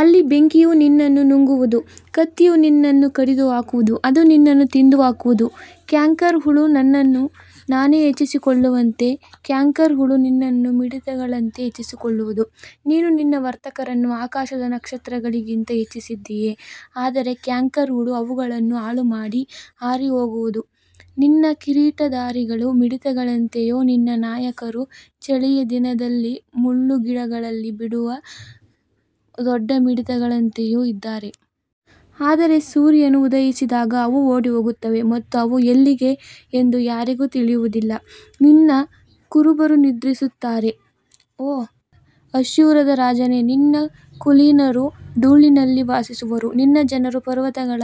ಅಲ್ಲಿ ಬೆಂಕಿಯು ನಿನ್ನನ್ನು ನುಂಗುವುದು, ಕತ್ತಿಯು ನಿನ್ನನ್ನು ಕಡಿದುಹಾಕುವುದು, ಅದು ನಿನ್ನನ್ನು ತಿಂದುಹಾಕುವುದು. ಕ್ಯಾಂಕರ್ ಹುಳು ತನ್ನನ್ನು ತಾನೇ ಹೆಚ್ಚಿಸಿಕೊಳ್ಳುವಂತೆ, ಕ್ಯಾಂಕರ್ ಹುಳು ನಿನ್ನನ್ನು ಮಿಡತೆಗಳಂತೆ ಹೆಚ್ಚಿಸಿಕೊಳ್ಳುವುದು. ನೀನು ನಿನ್ನ ವರ್ತಕರನ್ನು ಆಕಾಶದ ನಕ್ಷತ್ರಗಳಿಗಿಂತ ಹೆಚ್ಚಿಸಿದ್ದೀಯೆ, ಆದರೆ ಕ್ಯಾಂಕರ್ ಹುಳು ಅವುಗಳನ್ನು ಹಾಳುಮಾಡಿ ಹಾರಿಹೋಗುವುದು. ನಿನ್ನ ಕಿರೀಟಧಾರಿಗಳು ಮಿಡತೆಗಳಂತೆಯೂ, ನಿನ್ನ ನಾಯಕರು ಚಳಿಯ ದಿನದಲ್ಲಿ ಮುಳ್ಳುಗಿಡಗಳಲ್ಲಿ ಬೀಡುಬಿಡುವ ದೊಡ್ಡ ಮಿಡತೆಗಳಂತೆಯೂ ಇದ್ದಾರೆ. ಆದರೆ ಸೂರ್ಯನು ಉದಯಿಸಿದಾಗ ಅವು ಓಡಿಹೋಗುತ್ತವೆ ಮತ್ತು ಅವು ಎಲ್ಲಿವೆ ಎಂದು ಯಾರಿಗೂ ತಿಳಿಯುವುದಿಲ್ಲ. ನಿನ್ನ ಕುರುಬರು ನಿದ್ರಿಸುತ್ತಾರೆ, ಓ ಅಶ್ಶೂರದ ರಾಜನೇ, ನಿನ್ನ ಕುಲೀನರು ಧೂಳಿನಲ್ಲಿ ವಾಸಿಸುವರು. ನಿನ್ನ ಜನರು ಪರ್ವತಗಳ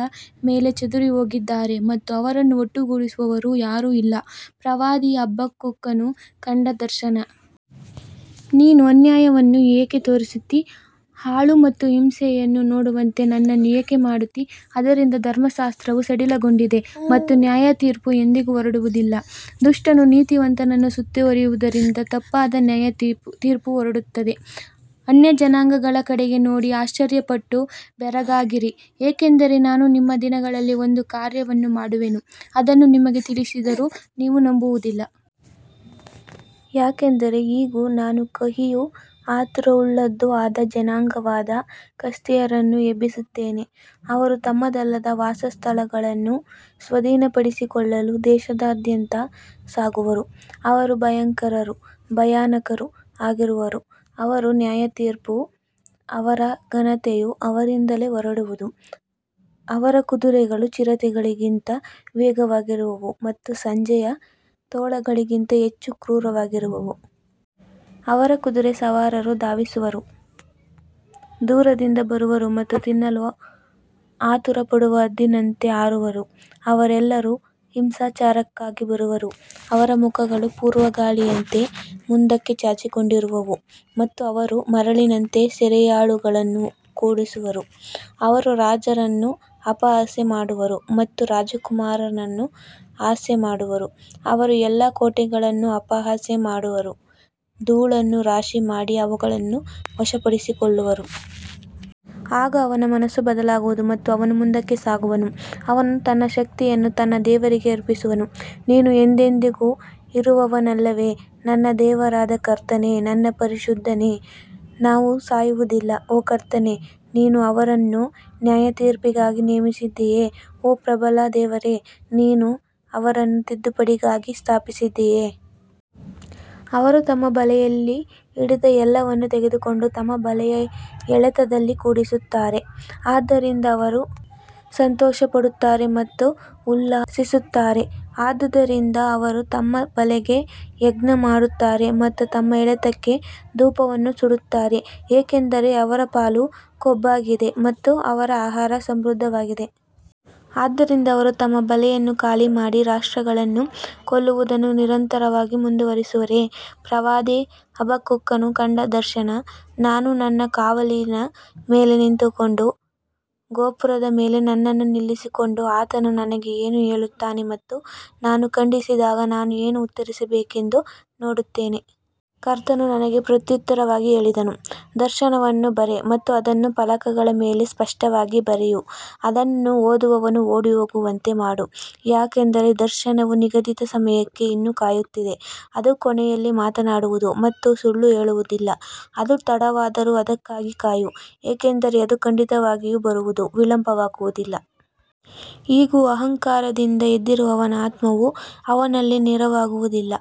ಮೇಲೆ ಚದುರಿಹೋಗಿದ್ದಾರೆ ಮತ್ತು ಅವರನ್ನು ಒಟ್ಟುಗೂಡಿಸುವವರು ಯಾರೂ ಇಲ್ಲ. ಪ್ರವಾದಿ ಹಬಕ್ಕೂಕನು ಕಂಡ ದರ್ಶನ. ನೀನು ನನಗೆ ಅನ್ಯಾಯವನ್ನು ಏಕೆ ತೋರಿಸುತ್ತೀ? ಹಾಳು ಮತ್ತು ಹಿಂಸೆಯನ್ನು ನೋಡುವಂತೆ ನನ್ನನ್ನು ಏಕೆ ಮಾಡುತ್ತೀ? ಆದ್ದರಿಂದ ಧರ್ಮಶಾಸ್ತ್ರವು ಸಡಿಲಗೊಂಡಿದೆ ಮತ್ತು ನ್ಯಾಯತೀರ್ಪು ಎಂದಿಗೂ ಹೊರಡುವುದಿಲ್ಲ. ದುಷ್ಟನು ನೀತಿವಂತನನ್ನು ಸುತ್ತುವರಿಯುವುದರಿಂದ ತಪ್ಪಾದ ನ್ಯಾಯತೀರ್ಪು ಹೊರಡುತ್ತದೆ. ಅನ್ಯಜನಾಂಗಗಳ ಕಡೆಗೆ ನೋಡಿ, ಆಶ್ಚರ್ಯಪಟ್ಟು ಬೆರಗಾಗಿರಿ, ಏಕೆಂದರೆ ನಾನು ನಿಮ್ಮ ದಿನಗಳಲ್ಲಿ ಒಂದು ಕಾರ್ಯವನ್ನು ಮಾಡುವೆನು, ಅದನ್ನು ನಿಮಗೆ ತಿಳಿಸಿದರೂ ನೀವು ನಂಬುವುದಿಲ್ಲ. ಯಾಕಂದರೆ ಇಗೋ, ನಾನು ಕಹಿಯೂ ಆತುರವುಳ್ಳದ್ದೂ ಆದ ಜನಾಂಗವಾದ ಕಸ್ದೀಯರನ್ನು ಎಬ್ಬಿಸುತ್ತೇನೆ. ಅವರು ತಮ್ಮದಲ್ಲದ ವಾಸಸ್ಥಳಗಳನ್ನು ಸ್ವಾಧೀನಪಡಿಸಿಕೊಳ್ಳಲು ದೇಶದಾದ್ಯಂತ ಸಾಗುವರು. ಅವರು ಭಯಂಕರರೂ ಭಯಾನಕರೂ ಆಗಿರುವರು. ಅವರ ನ್ಯಾಯತೀರ್ಪೂ ಅವರ ಘನತೆಯೂ ಅವರಿಂದಲೇ ಹೊರಡುವುದು. ಅವರ ಕುದುರೆಗಳು ಚಿರತೆಗಳಿಗಿಂತ ವೇಗವಾಗಿರುವವು ಮತ್ತು ಸಂಜೆಯ ತೋಳಗಳಿಗಿಂತ ಹೆಚ್ಚು ಕ್ರೂರವಾಗಿರುವವು. ಅವರ ಕುದುರೆ ಸವಾರರು ಧಾವಿಸುವರು, ದೂರದಿಂದ ಬರುವರು ಮತ್ತು ತಿನ್ನಲು ಆತುರಪಡುವ ಹದ್ದಿನಂತೆ ಹಾರುವರು. ಅವರೆಲ್ಲರೂ ಹಿಂಸಾಚಾರಕ್ಕಾಗಿ ಬರುವರು. ಅವರ ಮುಖಗಳು ಪೂರ್ವಗಾಳಿಯಂತೆ ಮುಂದಕ್ಕೆ ಚಾಚಿಕೊಂಡಿರುವವು ಮತ್ತು ಅವರು ಮರಳಿನಂತೆ ಸೆರೆಯಾಳುಗಳನ್ನು ಕೂಡಿಸುವರು. ಅವರು ರಾಜರನ್ನು ಅಪಹಾಸ್ಯ ಮಾಡುವರು ಮತ್ತು ರಾಜಕುಮಾರರನ್ನು ಹಾಸ್ಯ ಮಾಡುವರು. ಅವರು ಎಲ್ಲಾ ಕೋಟೆಗಳನ್ನು ಅಪಹಾಸ್ಯ ಮಾಡುವರು, ಧೂಳನ್ನು ರಾಶಿಮಾಡಿ ಅವುಗಳನ್ನು ವಶಪಡಿಸಿಕೊಳ್ಳುವರು. ಆಗ ಅವನ ಮನಸ್ಸು ಬದಲಾಗುವುದು ಮತ್ತು ಅವನು ಮುಂದಕ್ಕೆ ಸಾಗುವನು. ಅವನು ತನ್ನ ಶಕ್ತಿಯನ್ನು ತನ್ನ ದೇವರಿಗೆ ಅರ್ಪಿಸುವನು. ನೀನು ಎಂದೆಂದಿಗೂ ಇರುವವನಲ್ಲವೇ, ನನ್ನ ದೇವರಾದ ಕರ್ತನೇ, ನನ್ನ ಪರಿಶುದ್ಧನೇ? ನಾವು ಸಾಯುವುದಿಲ್ಲ. ಓ ಕರ್ತನೇ, ನೀನು ಅವರನ್ನು ನ್ಯಾಯತೀರ್ಪಿಗಾಗಿ ನೇಮಿಸಿದ್ದೀಯೆ. ಓ ಪ್ರಬಲ ದೇವರೇ, ನೀನು ಅವರನ್ನು ತಿದ್ದುಪಡಿಗಾಗಿ ಸ್ಥಾಪಿಸಿದ್ದೀಯೆ. ಅವರು ತಮ್ಮ ಬಲೆಯಲ್ಲಿ ಹಿಡಿದ ಎಲ್ಲವನ್ನೂ ತೆಗೆದುಕೊಂಡು ತಮ್ಮ ಬಲೆಯ ಎಳೆತದಲ್ಲಿ ಕೂಡಿಸುತ್ತಾರೆ. ಆದ್ದರಿಂದ ಅವರು ಸಂತೋಷಪಡುತ್ತಾರೆ ಮತ್ತು ಉಲ್ಲಾಸಿಸುತ್ತಾರೆ. ಆದುದರಿಂದ ಅವರು ತಮ್ಮ ಬಲೆಗೆ ಯಜ್ಞಮಾಡುತ್ತಾರೆ ಮತ್ತು ತಮ್ಮ ಎಳೆತಕ್ಕೆ ಧೂಪವನ್ನು ಸುಡುತ್ತಾರೆ, ಏಕೆಂದರೆ ಅವರ ಪಾಲು ಕೊಬ್ಬಾಗಿದೆ ಮತ್ತು ಅವರ ಆಹಾರ ಸಮೃದ್ಧವಾಗಿದೆ. ಆದ್ದರಿಂದ ಅವರು ತಮ್ಮ ಬಲೆಯನ್ನು ಖಾಲಿಮಾಡಿ, ರಾಷ್ಟ್ರಗಳನ್ನು ಕೊಲ್ಲುವುದನ್ನು ನಿರಂತರವಾಗಿ ಮುಂದುವರಿಸುವರೇ? ಪ್ರವಾದಿ ಹಬಕ್ಕೂಕನು ಕಂಡ ದರ್ಶನ. ನಾನು ನನ್ನ ಕಾವಲಿನ ಮೇಲೆ ನಿಂತುಕೊಂಡು ಗೋಪುರದ ಮೇಲೆ ನನ್ನನ್ನು ನಿಲ್ಲಿಸಿಕೊಂಡು, ಆತನು ನನಗೆ ಏನು ಹೇಳುತ್ತಾನೆ ಮತ್ತು ನಾನು ಖಂಡಿಸಿದಾಗ ನಾನು ಏನು ಉತ್ತರಿಸಬೇಕೆಂದು ನೋಡುತ್ತೇನೆ. ಕರ್ತನು ನನಗೆ ಪ್ರತ್ಯುತ್ತರವಾಗಿ ಹೇಳಿದನು, ದರ್ಶನವನ್ನು ಬರೆ ಮತ್ತು ಅದನ್ನು ಫಲಕಗಳ ಮೇಲೆ ಸ್ಪಷ್ಟವಾಗಿ ಬರೆಯು, ಅದನ್ನು ಓದುವವನು ಓಡಿಹೋಗುವಂತೆ ಮಾಡು. ಯಾಕಂದರೆ ದರ್ಶನವು ನಿಗದಿತ ಸಮಯಕ್ಕೆ ಇನ್ನೂ ಕಾಯುತ್ತಿದೆ. ಅದು ಕೊನೆಯಲ್ಲಿ ಮಾತನಾಡುವುದು ಮತ್ತು ಸುಳ್ಳು ಹೇಳುವುದಿಲ್ಲ. ಅದು ತಡವಾದರೂ ಅದಕ್ಕಾಗಿ ಕಾಯು, ಏಕೆಂದರೆ ಅದು ಖಂಡಿತವಾಗಿಯೂ ಬರುವುದು, ವಿಳಂಬವಾಗುವುದಿಲ್ಲ. ಇಗೋ, ಅಹಂಕಾರದಿಂದ ಎದ್ದಿರುವವನ ಆತ್ಮವು ಅವನಲ್ಲಿ ನೇರವಾಗಿರುವುದಿಲ್ಲ,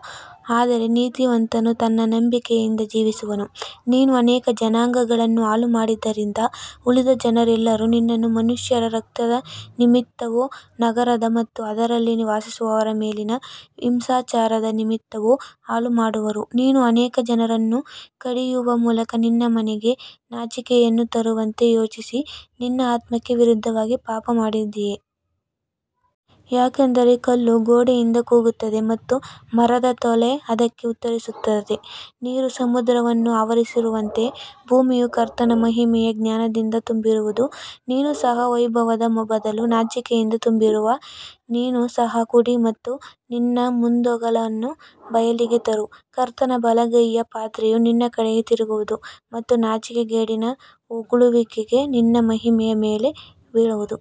ಆದರೆ ನೀತಿವಂತನು ತನ್ನ ನಂಬಿಕೆಯಿಂದ ಜೀವಿಸುವನು. ನೀನು ಅನೇಕ ಜನಾಂಗಗಳನ್ನು ಹಾಳುಮಾಡಿದ್ದರಿಂದ, ಉಳಿದ ಜನರೆಲ್ಲರೂ ನಿನ್ನನ್ನು ಮನುಷ್ಯರ ರಕ್ತದ ನಿಮಿತ್ತವೂ, ನಗರದ ಮತ್ತು ಅದರಲ್ಲಿ ವಾಸಿಸುವವರ ಮೇಲಿನ ಹಿಂಸಾಚಾರದ ನಿಮಿತ್ತವೂ ಹಾಳುಮಾಡುವರು. ನೀನು ಅನೇಕ ಜನರನ್ನು ಕಡಿಯುವ ಮೂಲಕ ನಿನ್ನ ಮನೆಗೆ ನಾಚಿಕೆಯನ್ನು ತರುವಂತೆ ಯೋಚಿಸಿ, ನಿನ್ನ ಆತ್ಮಕ್ಕೆ ವಿರುದ್ಧವಾಗಿ ಪಾಪಮಾಡಿದ್ದೀಯೆ. ಯಾಕಂದರೆ ಕಲ್ಲು ಗೋಡೆಯಿಂದ ಕೂಗುತ್ತದೆ ಮತ್ತು ಮರದ ತೊಲೆ ಅದಕ್ಕೆ ಉತ್ತರಿಸುತ್ತದೆ. ನೀರು ಸಮುದ್ರವನ್ನು ಆವರಿಸಿರುವಂತೆ ಭೂಮಿಯು ಕರ್ತನ ಮಹಿಮೆಯ ಜ್ಞಾನದಿಂದ ತುಂಬಿರುವುದು. ನೀನೂ ಸಹ ವೈಭವದ ಬದಲು ನಾಚಿಕೆಯಿಂದ ತುಂಬಿರುವೆ. ನೀನು ಸಹ ಕುಡಿ ಮತ್ತು ನಿನ್ನ ಮುಂದೊಗಲನ್ನು ಬಯಲಿಗೆ ತರು. ಕರ್ತನ ಬಲಗೈಯ ಪಾತ್ರೆಯು ನಿನ್ನ ಕಡೆಗೆ ತಿರುಗುವುದು ಮತ್ತು ನಾಚಿಕೆಗೇಡಿನ ಉಗುಳುವಿಕೆ ನಿನ್ನ ಮಹಿಮೆಯ ಮೇಲೆ ಬೀಳುವುದು.